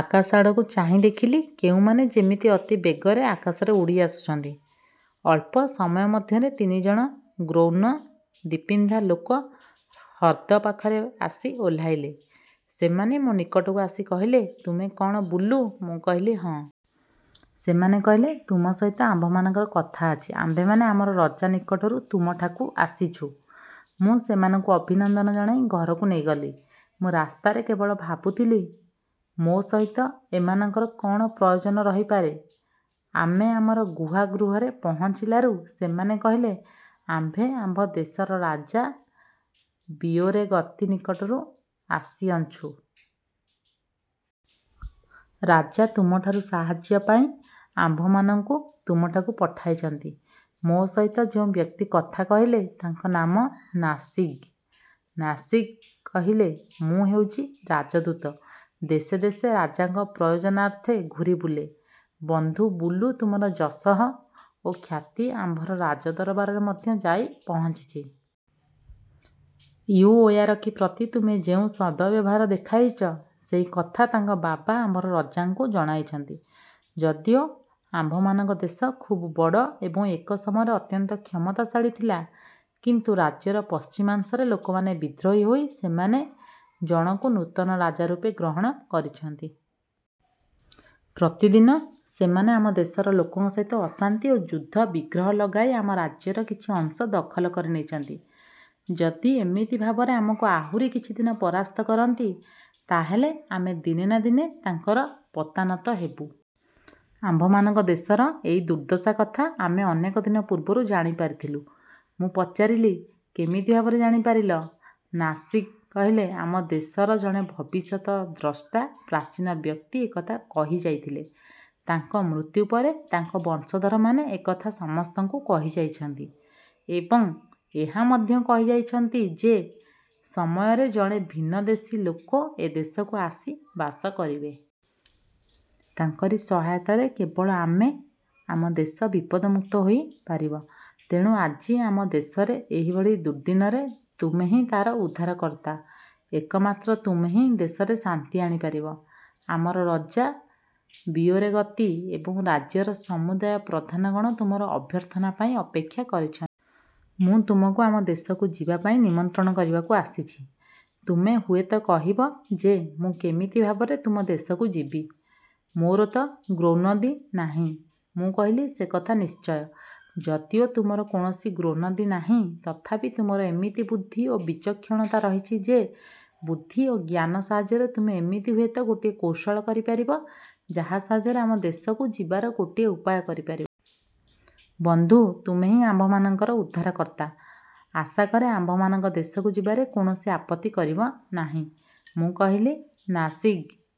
ଆକାଶ ଆଡ଼କୁ ଚାହିଁ ଦେଖିଲି, କେଉଁମାନେ ଯେମିତି ଅତି ବେଗରେ ଆକାଶରେ ଉଡ଼ି ଆସୁଛନ୍ତି। ଅଳ୍ପ ସମୟ ମଧ୍ୟରେ ତିନି ଜଣ ଗ୍ରୌନଦିପିନ୍ଧା ଲୋକ ହ୍ରଦ ପାଖରେ ଆସି ଓହ୍ଲାଇଲେ। ସେମାନେ ମୋ ନିକଟକୁ ଆସି କହିଲେ, ''ତୁମେ କ'ଣ ବୁଲୁ? '' ମୁଁ କହିଲି ''ହଁ''। ସେମାନେ କହିଲେ, ''ତୁମ ସହିତ ଆମ୍ଭମାନଙ୍କର କଥା ଅଛି। ଆମ୍ଭେମାନେ ଆମର ରଜା ନିକଟରୁ ତୁମଠାକୁ ଆସିଛୁ। ମୁଁ ସେମାନଙ୍କୁ ଅଭିନନ୍ଦନ ଜଣାଇ ଘରକୁ ନେଇଗଲି। ମୁଁ ରାସ୍ତାରେ କେବଳ ଭାବୁଥିଲି, ମୋ ସହିତ ଏମାନଙ୍କର କ'ଣ ପ୍ରୟୋଜନ ରହିପାରେ-? ଆମେ ଆମର ଗୁହା-ଗୃହରେ ପହଞ୍ଚିଲାରୁ ସେମାନେ କହିଲେ, ''ଆମ୍ଭେ ଆମ୍ଭ ଦେଶର ରାଜା ବିୟୋରେଗତି ନିକଟରୁ ଆସିଅଛୁଁ। ରାଜା ତୁମଠାରୁ ସାହାଯ୍ୟପାଇଁ ଆମ୍ଭମାନଙ୍କୁ ତୁମଠାକୁ ପଠାଇଛନ୍ତି। '' ମୋ ସହିତ ଯେଉଁ ବ୍ୟକ୍ତି କଥା କହିଲେ, ତାଙ୍କ ନାମ ନାସିଗ୍। ନାସିଗ୍ କହିଲେ, ''ମୁଁ ହେଉଛି ରାଜଦୂତ। ଦେଶେ ଦେଶେ ରାଜାଙ୍କ ପ୍ରୟୋଜନାର୍ଥେ ଘୂରି ବୁଲେ। ବନ୍ଧୁ ବୁଲୁ ତୁମର ଯଶଃ ଓ ଖ୍ୟାତି ଆମ୍ଭର ରାଜଦରବାରରେ ମଧ୍ୟ ଯାଇ ପହଞ୍ଚିଛି। ଇଉଓୟାରକି ପ୍ରତି ତୁମେ ଯେଉଁ ସଦୟ ବ୍ୟବହାର ଦେଖାଇଛ, ସେଇ କଥା ତାଙ୍କ ବାବା ଆମ୍ଭର ରଜାଙ୍କୁ ଜଣାଇଛନ୍ତି। ଯଦିଓ ଆମ୍ଭମାନଙ୍କ ଦେଶ ଖୁବ୍ ବଡ଼ ଏବଂ ଏକ ସମୟରେ ଅତ୍ୟନ୍ତ କ୍ଷମତାଶାଳୀ ଥିଲା, କିନ୍ତୁ ରାଜ୍ୟର ପଶ୍ଚିମାଂଶରେ ଲୋକମାନେ ବିଦ୍ରୋହୀ ହୋଇ ସେମାନେ ଜଣକୁ ନୂତନ ରାଜାରୂପେ ଗ୍ରହଣ କରିଛନ୍ତି। ପ୍ରତିଦିନ ସେମାନେ ଆମ ଦେଶର ଲୋକଙ୍କ ସହିତ ଅଶାନ୍ତି ଓ ଯୁଦ୍ଧ ବିଗ୍ରହ ଲଗାଇ ଆମ ରାଜ୍ୟର କିଛି ଅଂଶ ଦଖଲ କରିନେଇଛନ୍ତି। ଯଦି ଏମିତି ଭାବରେ ଆମକୁ ଆହୁରି କିଛିଦିନ ପରାସ୍ତ କରନ୍ତି, ତାହାହେଲେ ଆମେ ଦିନେ ନା ଦିନେ ତାଙ୍କର ପଦାନତ ହେବୁ। ଆମ୍ଭମାନଙ୍କ ଦେଶର ଏଇ ଦୁର୍ଦ୍ଦଶା କଥା ଆମେ ଅନେକ ଦିନ ପୂର୍ବରୁ ଜାଣି ପାରିଥିଲୁ। '' ମୁଁ ପଚାରିଲି, ''କେମିତି ଭାବରେ ଜାଣିପାରିଲ? '' ନାସିଗ୍ କହିଲେ, ''ଆମ ଦେଶର ଜଣେ ଭବିଷ୍ୟତ ଦ୍ରଷ୍ଟା ପ୍ରାଚୀନ ବ୍ୟକ୍ତି ଏ କଥା କହିଯାଇଥିଲେ। ତାଙ୍କ ମୃତ୍ୟୁ ପରେ ତାଙ୍କ ବଂଶଧରମାନେ ଏ କଥା ସମସ୍ତଙ୍କୁ କହିଯାଇଛନ୍ତି ଏବଂ ଏହା ମଧ୍ୟ କହିଯାଇଛନ୍ତି ଯେ ସେ ସମୟରେ ଜଣେ ଭିନ୍ନ ଦେଶୀ ଲୋକ ଏ ଦେଶକୁ ଆସି ବାସ କରିବେ। ତାଙ୍କରି ସହାୟତାରେ କେବଳ ଆମେ, ଆମ ଦେଶ ବିପଦମୁକ୍ତ ହୋଇ ପାରିବ। ତେଣୁ ଆଜି ଆମ ଦେଶର ଏହିଭଳି ଦୁର୍ଦ୍ଦିନରେ ତୁମେ ହିଁ ତା'ର ଉଦ୍ଧାରକର୍ତ୍ତା। ଏକମାତ୍ର ତୁମେ ହିଁ ଦେଶରେ ଶାନ୍ତି ଆଣିପାରିବ। ଆମର ରଜା ବିୟୋରେଗତି ଏବଂ ରାଜ୍ୟର ସମୁଦାୟ ପ୍ରଧାନଗଣ ତୁମର ଅଭ୍ୟର୍ଥନାପାଇଁ ଅପେକ୍ଷା କରିଛନ୍ତି। ମୁଁ ତୁମକୁ ଆମ ଦେଶକୁ ଯିବାପାଇଁ ନିମନ୍ତ୍ରଣ କରିବାକୁ ଆସିଛି। ତୁମେ ହୁଏତ କହିବ ଯେ, ମୁଁ କେମିତି ଭାବରେ ତୁମ ଦେଶକୁ ଯିବି, ମୋର ତ ଗ୍ରୌନଦି ନାହିଁ। ମୁଁ କହିଲି, ସେ କଥା ନିଶ୍ଚୟ। ଯଦିଓ ତୁମର କୌଣସି ଗ୍ରୌନଦି ନାହିଁ, ତଥାପି ତୁମର ଏମିତି ବୁଦ୍ଧି ଓ ବିଚକ୍ଷଣତା ରହିଛି ଯେ, ବୁଦ୍ଧି ଓ ଜ୍ଞାନ ସାହାଯ୍ୟରେ ତୁମେ ଏମିତି ହୁଏତ ଗୋଟିଏ କୌଶଳ କରିପାରିବ, ଯାହା ସାହାଯ୍ୟରେ ଆମ ଦେଶକୁ ଯିବାର ଗୋଟିଏ ଉପାୟ କରିପାରିବ। ବନ୍ଧୁ, ତୁମେ ହିଁ ଆମ୍ଭମାନଙ୍କର ଉଦ୍ଧାର କର୍ତ୍ତା। ଆଶାକରେ ଆମ୍ଭମାନଙ୍କ ଦେଶକୁ ଯିବାରେ କୌଣସି ଆପତ୍ତି କରିବ ନାହିଁ। ମୁଁ କହିଲି, ନାସିଗ୍,